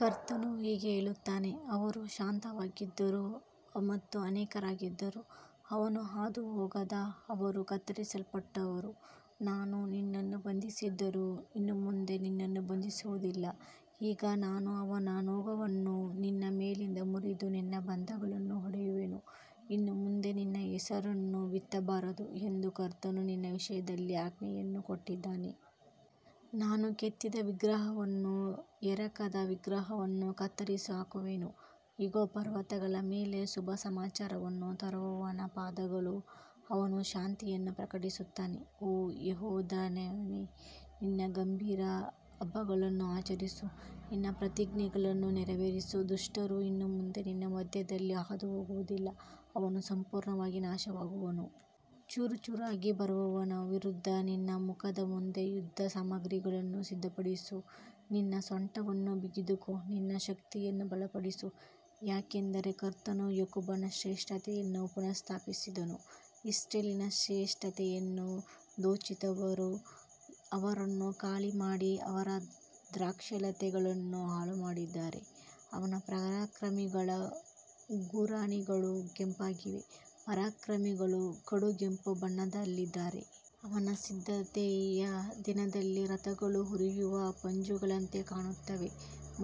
ಕರ್ತನು ಹೀಗೆ ಹೇಳುತ್ತಾನೆ, ಅವರು ಶಾಂತವಾಗಿದ್ದರೂ ಮತ್ತು ಅನೇಕರಾಗಿದ್ದರೂ, ಅವನು ಹಾದುಹೋದಾಗ ಅವರು ಕತ್ತರಿಸಲ್ಪಡುವರು. ನಾನು ನಿನ್ನನ್ನು ಬಾಧಿಸಿದ್ದರೂ ಇನ್ನು ಮುಂದೆ ನಿನ್ನನ್ನು ಬಾಧಿಸುವುದಿಲ್ಲ. ಈಗ ನಾನು ಅವನ ನೊಗವನ್ನು ನಿನ್ನ ಮೇಲಿಂದ ಮುರಿದು ನಿನ್ನ ಬಂಧಗಳನ್ನು ಒಡೆಯುವೆನು. ಇನ್ನು ಮುಂದೆ ನಿನ್ನ ಹೆಸರನ್ನು ಬಿತ್ತಬಾರದು ಎಂದು ಕರ್ತನು ನಿನ್ನ ವಿಷಯದಲ್ಲಿ ಆಜ್ಞೆಯನ್ನು ಕೊಟ್ಟಿದ್ದಾನೆ. ನಾನು ಕೆತ್ತಿದ ವಿಗ್ರಹವನ್ನೂ ಎರಕದ ವಿಗ್ರಹವನ್ನೂ ಕತ್ತರಿಸಿಹಾಕುವೆನು. ಇಗೋ, ಪರ್ವತಗಳ ಮೇಲೆ ಶುಭ ಸಮಾಚಾರವನ್ನು ತರುವವನ ಪಾದಗಳು, ಅವನು ಶಾಂತಿಯನ್ನು ಪ್ರಕಟಿಸುತ್ತಾನೆ. ಓ ಯೆಹೂದವೇ, ನಿನ್ನ ಗಂಭೀರ ಹಬ್ಬಗಳನ್ನು ಆಚರಿಸು, ನಿನ್ನ ಪ್ರತಿಜ್ಞೆಗಳನ್ನು ನೆರವೇರಿಸು. ದುಷ್ಟರು ಇನ್ನು ಮುಂದೆ ನಿನ್ನ ಮಧ್ಯದಲ್ಲಿ ಹಾದುಹೋಗುವುದಿಲ್ಲ, ಅವನು ಸಂಪೂರ್ಣವಾಗಿ ನಾಶವಾಗುವನು. ಚೂರುಚೂರಾಗಿ ಬರುವವನ ವಿರುದ್ಧ ನಿನ್ನ ಮುಖದ ಮುಂದೆ ಯುದ್ಧಸಾಮಗ್ರಿಗಳನ್ನು ಸಿದ್ಧಪಡಿಸು, ನಿನ್ನ ಸೊಂಟವನ್ನು ಬಿಗಿದುಕೋ, ನಿನ್ನ ಶಕ್ತಿಯನ್ನು ಬಲಪಡಿಸು. ಯಾಕಂದರೆ ಕರ್ತನು ಯಾಕೋಬನ ಶ್ರೇಷ್ಠತೆಯನ್ನು ಪುನಃಸ್ಥಾಪಿಸಿದನು, ಇಸ್ರಾಯೇಲಿನ ಶ್ರೇಷ್ಠತೆಯನ್ನು ದೋಚಿದವರು ಅವರನ್ನು ಖಾಲಿಮಾಡಿ ಅವರ ದ್ರಾಕ್ಷಾಲತೆಗಳನ್ನು ಹಾಳುಮಾಡಿದ್ದಾರೆ. ಅವನ ಪರಾಕ್ರಮಿಗಳ ಗುರಾಣಿಗಳು ಕೆಂಪಾಗಿವೆ, ಪರಾಕ್ರಮಿಗಳು ಕಡುಗೆಂಪು ಬಣ್ಣದಲ್ಲಿದ್ದಾರೆ. ಅವನ ಸಿದ್ಧತೆಯ ದಿನದಲ್ಲಿ ರಥಗಳು ಉರಿಯುವ ಪಂಜುಗಳಂತೆ ಕಾಣುತ್ತವೆ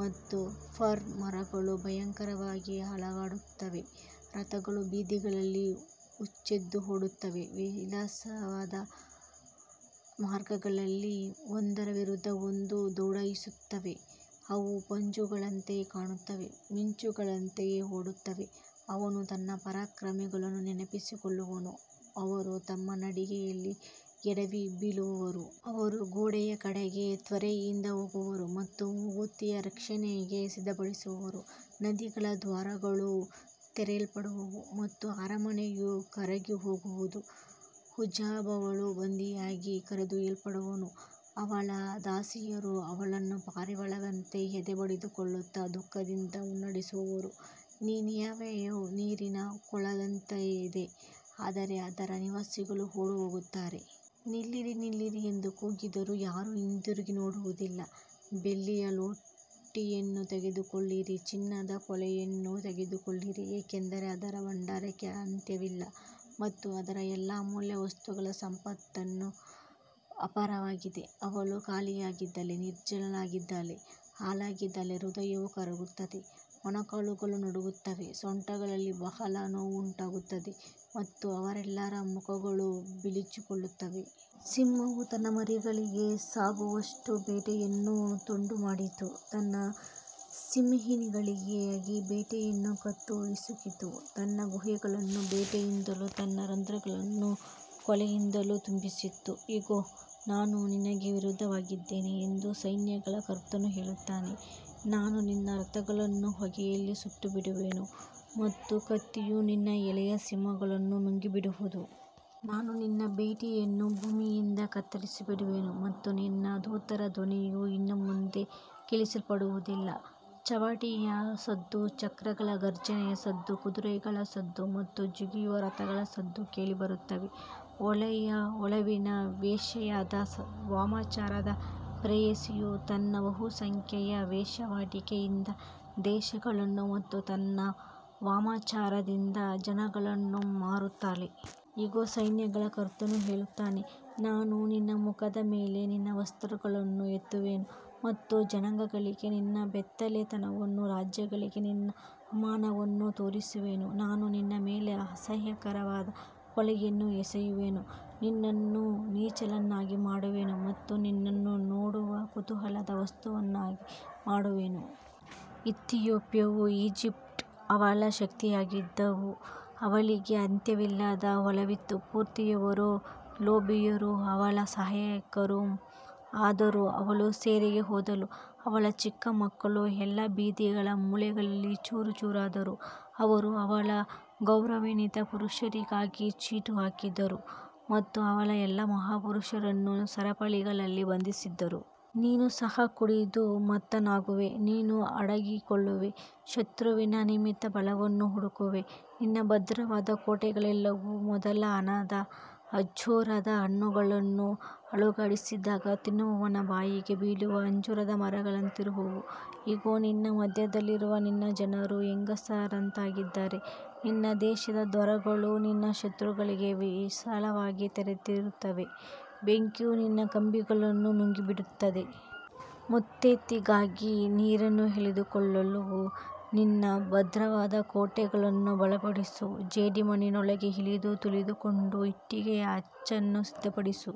ಮತ್ತು ಫರ್ ಮರಗಳು ಭಯಂಕರವಾಗಿ ಅಲುಗಾಡುತ್ತವೆ. ರಥಗಳು ಬೀದಿಗಳಲ್ಲಿ ಹುಚ್ಚೆದ್ದು ಓಡುತ್ತವೆ, ವಿಶಾಲವಾದ ಮಾರ್ಗಗಳಲ್ಲಿ ಒಂದರ ವಿರುದ್ಧ ಒಂದು ದೌಡಾಯಿಸುತ್ತವೆ. ಅವು ಪಂಜುಗಳಂತೆ ಕಾಣುತ್ತವೆ, ಮಿಂಚುಗಳಂತೆ ಓಡುತ್ತವೆ. ಅವನು ತನ್ನ ಪರಾಕ್ರಮಿಗಳನ್ನು ನೆನಪಿಸಿಕೊಳ್ಳುವನು, ಅವರು ತಮ್ಮ ನಡಿಗೆಯಲ್ಲಿ ಎಡವಿಬೀಳುವರು. ಅವರು ಗೋಡೆಯ ಕಡೆಗೆ ತ್ವರೆಯಿಂದ ಹೋಗುವರು ಮತ್ತು ಮುತ್ತಿಗೆಯ ರಕ್ಷಣೆಯನ್ನು ಸಿದ್ಧಪಡಿಸುವರು. ನದಿಗಳ ದ್ವಾರಗಳು ತೆರೆಯಲ್ಪಡುವವು ಮತ್ತು ಅರಮನೆಯು ಕರಗಿಹೋಗುವುದು. ಹುಝಾಬಳು ಬಂಧಿಯಾಗಿ ಕರೆದೊಯ್ಯಲ್ಪಡುವಳು, ಅವಳ ದಾಸಿಯರು ಅವಳನ್ನು ಪಾರಿವಾಳಗಳಂತೆ ಎದೆ ಬಡಿದುಕೊಳ್ಳುತ್ತಾ ದುಃಖದಿಂದ ಮುನ್ನಡೆಸುವರು. ನಿನೆವೆಯು ನೀರಿನ ಕೊಳದಂತಿದೆ, ಆದರೆ ಅದರ ನಿವಾಸಿಗಳು ಓಡಿಹೋಗುತ್ತಾರೆ. ನಿಲ್ಲಿರಿ, ನಿಲ್ಲಿರಿ ಎಂದು ಕೂಗಿದರೂ ಯಾರೂ ಹಿಂದಿರುಗಿ ನೋಡುವುದಿಲ್ಲ. ಬೆಳ್ಳಿಯ ಲೂಟಿಯನ್ನು ತೆಗೆದುಕೊಳ್ಳಿರಿ, ಚಿನ್ನದ ಕೊಳ್ಳೆಯನ್ನು ತೆಗೆದುಕೊಳ್ಳಿರಿ, ಏಕೆಂದರೆ ಅದರ ಭಂಡಾರಕ್ಕೆ ಅಂತ್ಯವಿಲ್ಲ ಮತ್ತು ಅದರ ಎಲ್ಲಾ ಅಮೂಲ್ಯ ವಸ್ತುಗಳ ಸಂಪತ್ತು ಅಪಾರವಾಗಿದೆ. ಅವಳು ಖಾಲಿಯಾಗಿದ್ದಾಳೆ, ನಿರ್ಜನಳಾಗಿದ್ದಾಳೆ, ಹಾಳಾಗಿದ್ದಾಳೆ. ಹೃದಯವು ಕರಗುತ್ತದೆ, ಮೊಣಕಾಲುಗಳು ನಡುಗುತ್ತವೆ, ಸೊಂಟಗಳಲ್ಲಿ ಬಹಳ ನೋವು ಉಂಟಾಗುತ್ತದೆ ಮತ್ತು ಅವರೆಲ್ಲರ ಮುಖಗಳು ಬಿಳಿಚಿಕೊಳ್ಳುತ್ತವೆ. ಸಿಂಹವು ತನ್ನ ಮರಿಗಳಿಗೆ ಸಾಕಾಗುವಷ್ಟು ಬೇಟೆಯನ್ನು ತುಂಡುಮಾಡಿತು, ತನ್ನ ಸಿಂಹಿಣಿಗಳಿಗಾಗಿ ಬೇಟೆಯನ್ನು ಕತ್ತು ಹಿಸುಕಿತು, ತನ್ನ ಗುಹೆಗಳನ್ನು ಬೇಟೆಯಿಂದಲೂ ತನ್ನ ರಂಧ್ರಗಳನ್ನು ಕೊಳ್ಳೆಯಿಂದಲೂ ತುಂಬಿಸಿತು. ಇಗೋ, ನಾನು ನಿನಗೆ ವಿರುದ್ಧವಾಗಿದ್ದೇನೆ ಎಂದು ಸೈನ್ಯಗಳ ಕರ್ತನು ಹೇಳುತ್ತಾನೆ. ನಾನು ನಿನ್ನ ರಥಗಳನ್ನು ಹೊಗೆಯಲ್ಲಿ ಸುಟ್ಟುಬಿಡುವೆನು ಮತ್ತು ಕತ್ತಿಯು ನಿನ್ನ ಎಳೆಯ ಸಿಂಹಗಳನ್ನು ನುಂಗಿಬಿಡುವುದು. ನಾನು ನಿನ್ನ ಬೇಟೆಯನ್ನು ಭೂಮಿಯಿಂದ ಕತ್ತರಿಸಿಬಿಡುವೆನು ಮತ್ತು ನಿನ್ನ ದೂತರ ಧ್ವನಿಯು ಇನ್ನು ಮುಂದೆ ಕೇಳಿಸಲ್ಪಡುವುದಿಲ್ಲ. ಚಾವಟಿಯ ಸದ್ದು, ಚಕ್ರಗಳ ಘರ್ಜನೆಯ ಶಬ್ದ, ಕುದುರೆಗಳ ಸದ್ದು ಮತ್ತು ಜಿಗಿಯುವ ರಥಗಳ ಶಬ್ದ ಕೇಳಿಬರುತ್ತವೆ. ಒಳ್ಳೆಯ ಒಲವಿನ ವೇಶ್ಯೆಯಾದ ವಾಮಾಚಾರದ ಪ್ರೇಯಸಿಯು ತನ್ನ ಬಹುಸಂಖ್ಯೆಯ ವೇಶ್ಯಾವಾಟಿಕೆಯಿಂದ ದೇಶಗಳನ್ನು ಮತ್ತು ತನ್ನ ವಾಮಾಚಾರದಿಂದ ಜನಾಂಗಗಳನ್ನು ಮಾರುತ್ತಾಳೆ. ಇಗೋ, ಸೈನ್ಯಗಳ ಕರ್ತನು ಹೇಳುತ್ತಾನೆ, ನಾನು ನಿನ್ನ ಮುಖದ ಮೇಲೆ ನಿನ್ನ ವಸ್ತ್ರಗಳನ್ನು ಎತ್ತುವೆನು ಮತ್ತು ಜನಾಂಗಗಳಿಗೆ ನಿನ್ನ ಬೆತ್ತಲೆತನವನ್ನೂ ರಾಜ್ಯಗಳಿಗೆ ನಿನ್ನ ಅವಮಾನವನ್ನೂ ತೋರಿಸುವೆನು. ನಾನು ನಿನ್ನ ಮೇಲೆ ಅಸಹ್ಯಕರವಾದ ಕೊಳೆಯನ್ನು ಎಸೆಯುವೆನು, ನಿನ್ನನ್ನು ನೀಚಳನ್ನಾಗಿ ಮಾಡುವೆನು ಮತ್ತು ನಿನ್ನನ್ನು ನೋಡುವ ಕುತೂಹಲದ ವಸ್ತುವನ್ನಾಗಿ ಮಾಡುವೆನು. ಇಥಿಯೋಪ್ಯವೂ ಈಜಿಪ್ಟೂ ಅವಳ ಶಕ್ತಿಯಾಗಿದ್ದವು, ಅವಳಿಗೆ ಅಂತ್ಯವಿಲ್ಲದ ಬಲವಿತ್ತು. ಪೂರ್ತಿಯವರೂ ಲೂಬಿಯರೂ ಅವಳ ಸಹಾಯಕರು. ಆದರೂ ಅವಳು ಸೆರೆಗೆ ಹೋದಳು, ಅವಳ ಚಿಕ್ಕ ಮಕ್ಕಳು ಎಲ್ಲಾ ಬೀದಿಗಳ ಮೂಲೆಗಳಲ್ಲಿ ಚೂರುಚೂರಾದರು. ಅವರು ಅವಳ ಗೌರವಾನ್ವಿತ ಪುರುಷರಿಗಾಗಿ ಚೀಟು ಹಾಕಿದರು ಮತ್ತು ಅವಳ ಎಲ್ಲಾ ಮಹಾಪುರುಷರನ್ನು ಸರಪಳಿಗಳಲ್ಲಿ ಬಂಧಿಸಿದರು. ನೀನೂ ಸಹ ಕುಡಿದು ಮತ್ತನಾಗುವೆ, ನೀನು ಅಡಗಿಕೊಳ್ಳುವೆ, ಶತ್ರುವಿನ ನಿಮಿತ್ತ ಬಲವನ್ನು ಹುಡುಕುವೆ. ನಿನ್ನ ಭದ್ರವಾದ ಕೋಟೆಗಳೆಲ್ಲವೂ ಮೊದಲ ಹಣ್ಣಾದ ಅಂಜೂರದ ಹಣ್ಣುಗಳನ್ನು ಅಲುಗಾಡಿಸಿದಾಗ ತಿನ್ನುವವನ ಬಾಯಿಗೆ ಬೀಳುವ ಅಂಜೂರದ ಮರಗಳಂತಿರುವವು. ಇಗೋ, ನಿನ್ನ ಮಧ್ಯದಲ್ಲಿರುವ ನಿನ್ನ ಜನರು ಹೆಂಗಸರಂತಾಗಿದ್ದಾರೆ. ನಿನ್ನ ದೇಶದ ದ್ವಾರಗಳು ನಿನ್ನ ಶತ್ರುಗಳಿಗೆ ವಿಶಾಲವಾಗಿ ತೆರೆದಿರುತ್ತವೆ, ಬೆಂಕಿಯು ನಿನ್ನ ಕಂಬಿಗಳನ್ನು ನುಂಗಿಬಿಡುತ್ತದೆ. ಮುತ್ತಿಗೆಗಾಗಿ ನೀರನ್ನು ಎಳೆದುಕೊಳ್ಳು, ನಿನ್ನ ಭದ್ರವಾದ ಕೋಟೆಗಳನ್ನು ಬಲಪಡಿಸು. ಜೇಡಿಮಣ್ಣಿನೊಳಗೆ ಇಳಿದು ತುಳಿದುಕೊಂಡು ಇಟ್ಟಿಗೆಯ ಅಚ್ಚನ್ನು ಸಿದ್ಧಪಡಿಸು.